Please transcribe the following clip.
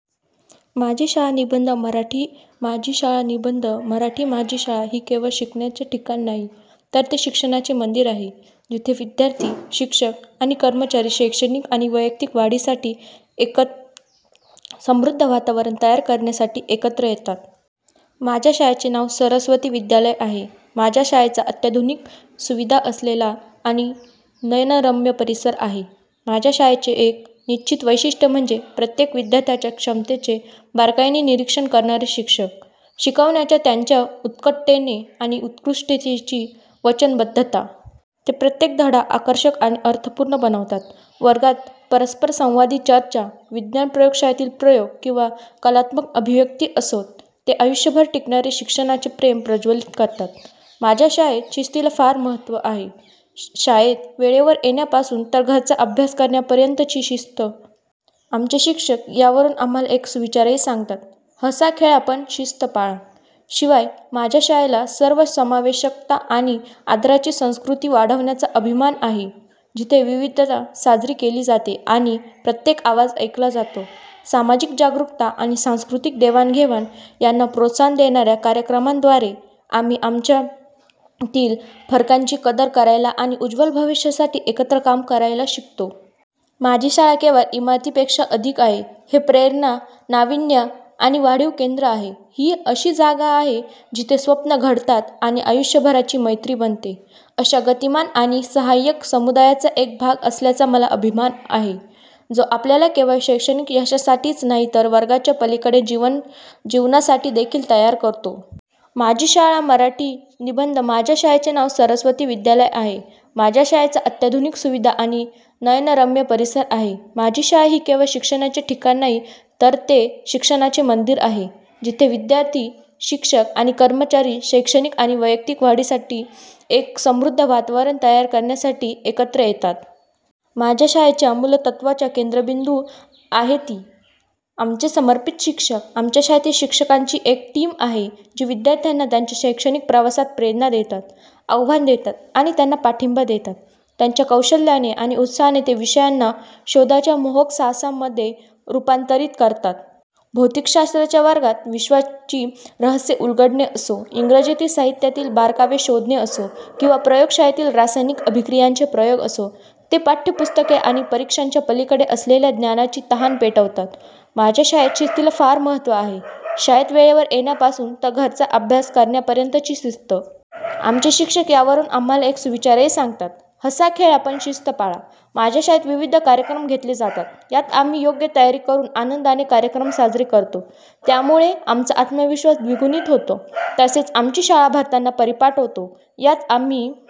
माझी शाळा निबंध मराठी माझी शाळा निबंध मराठी माझी शाळा ही केवळ शिकण्याचे ठिकाण नाही, तर ते शिक्षणाचे मंदिर आहे, जिथे विद्यार्थी, शिक्षक आणि कर्मचारी शैक्षणिक आणि वैयक्तिक वाढीसाठी एक समृद्ध वातावरण तयार करण्यासाठी एकत्र येतात. माझ्या शाळेचे नाव सरस्वती विद्यालय आहे, माझ्या शाळेचा अत्याधुनिक सुविधा असलेला आणि नयनरम्य परिसर आहे. माझ्या शाळेचे एक निश्चित वैशिष्ट्य म्हणजे प्रत्येक विद्यार्थ्याच्या क्षमतेचे बारकाईने निरीक्षण करणारे शिक्षक. शिकवण्याच्या त्यांच्या उत्कटतेने आणि उत्कृष्टतेची वचनबद्धता. ते प्रत्येक धडा आकर्षक आणि अर्थपूर्ण बनवतात. वर्गात परस्परसंवादी चर्चा, विज्ञान प्रयोगशाळेतील प्रयोग किंवा कलात्मक अभिव्यक्ती असोत, ते आयुष्यभर टिकणारे शिक्षणाचे प्रेम प्रज्वलित करतात. माझ्या शाळेत शिस्तीला फार महत्त्व आहे, शाळेत वेळेवर येण्यापासून तर घरचा अभ्यास करण्यापर्यंतची शिस्त. आमचे शिक्षक यावरून आम्हाला एक सुविचारही सांगतात, हसा खेळा पण शिस्त पाळा. शिवाय, माझ्या शाळेला सर्वसमावेशकता आणि आदराची संस्कृती वाढवण्याचा अभिमान आहे, जिथे विविधता साजरी केली जाते आणि प्रत्येक आवाज ऐकला जातो. सामाजिक जागरूकता आणि सांस्कृतिक देवाणघेवाण यांना प्रोत्साहन देणाऱ्या कार्यक्रमांद्वारे, आम्ही आमच्यातील फरकांची कदर करायला आणि उज्वल भविष्यासाठी एकत्र काम करायला शिकतो. माझी शाळा केवळ इमारतीपेक्षा अधिक आहे, हे प्रेरणा, नावीन्य आणि वाढीचे केंद्र आहे. ही अशी जागा आहे जिथे स्वप्ने घडतात आणि आयुष्यभराची मैत्री बनते. अशा गतिमान आणि सहाय्यक समुदायाचा एक भाग असल्याचा मला अभिमान आहे जो आपल्याला केवळ शैक्षणिक यशासाठीच नाही तर वर्गाच्या पलीकडे जीवनासाठी देखील तयार करतो. माझी शाळा मराठी निबंध माझ्या शाळेचे नाव सरस्वती विद्यालय आहे, माझ्या शाळेचा अत्याधुनिक सुविधा आणि नयनरम्य परिसर आहे. माझी शाळा ही केवळ शिकण्याचे ठिकाण नाही, तर ते शिक्षणाचे मंदिर आहे, जिथे विद्यार्थी, शिक्षक आणि कर्मचारी शैक्षणिक आणि वैयक्तिक वाढीसाठी एक समृद्ध वातावरण तयार करण्यासाठी एकत्र येतात. माझ्या शाळेच्या मूलतत्त्वाचा केंद्रबिंदू आहे ती आमचे समर्पित शिक्षक, आमच्या शाळेतील शिक्षकांची एक टीम आहे, जी विद्यार्थ्यांना त्यांच्या शैक्षणिक प्रवासात प्रेरणा देतात, आव्हान देतात आणि त्यांना पाठिंबा देतात. त्यांच्या कौशल्याने आणि उत्साहाने ते विषयांना शोधाच्या मोहक साहसांमध्ये रूपांतरित करतात. भौतिकशास्त्राच्या वर्गात विश्वाची रहस्ये उलगडणे असो, इंग्रजीतील साहित्यातील बारकावे शोधणे असो किंवा प्रयोगशाळेतील रासायनिक अभिक्रियांचे प्रयोग असो, ते पाठ्यपुस्तके आणि परीक्षांच्या पलीकडे असलेल्या ज्ञानाची तहान पेटवतात. माझ्या शाळेत शिस्तीला फार महत्त्व आहे, शाळेत वेळेवर येण्यापासून तर घरचा अभ्यास करण्यापर्यंतची शिस्त. आमचे शिक्षक यावरून आम्हाला एक सुविचारही सांगतात, हसा खेळा पण शिस्त पाळा. माझ्या शाळेत विविध कार्यक्रम घेतले जातात, यात आम्ही योग्य तयारी करून आनंदाने कार्यक्रम साजरे करतो, यामुळे आमचा आत्मविश्वास द्विगुणित होतो. तसेच आमची शाळा भरतांना परिपाठ होतो, यात आम्ही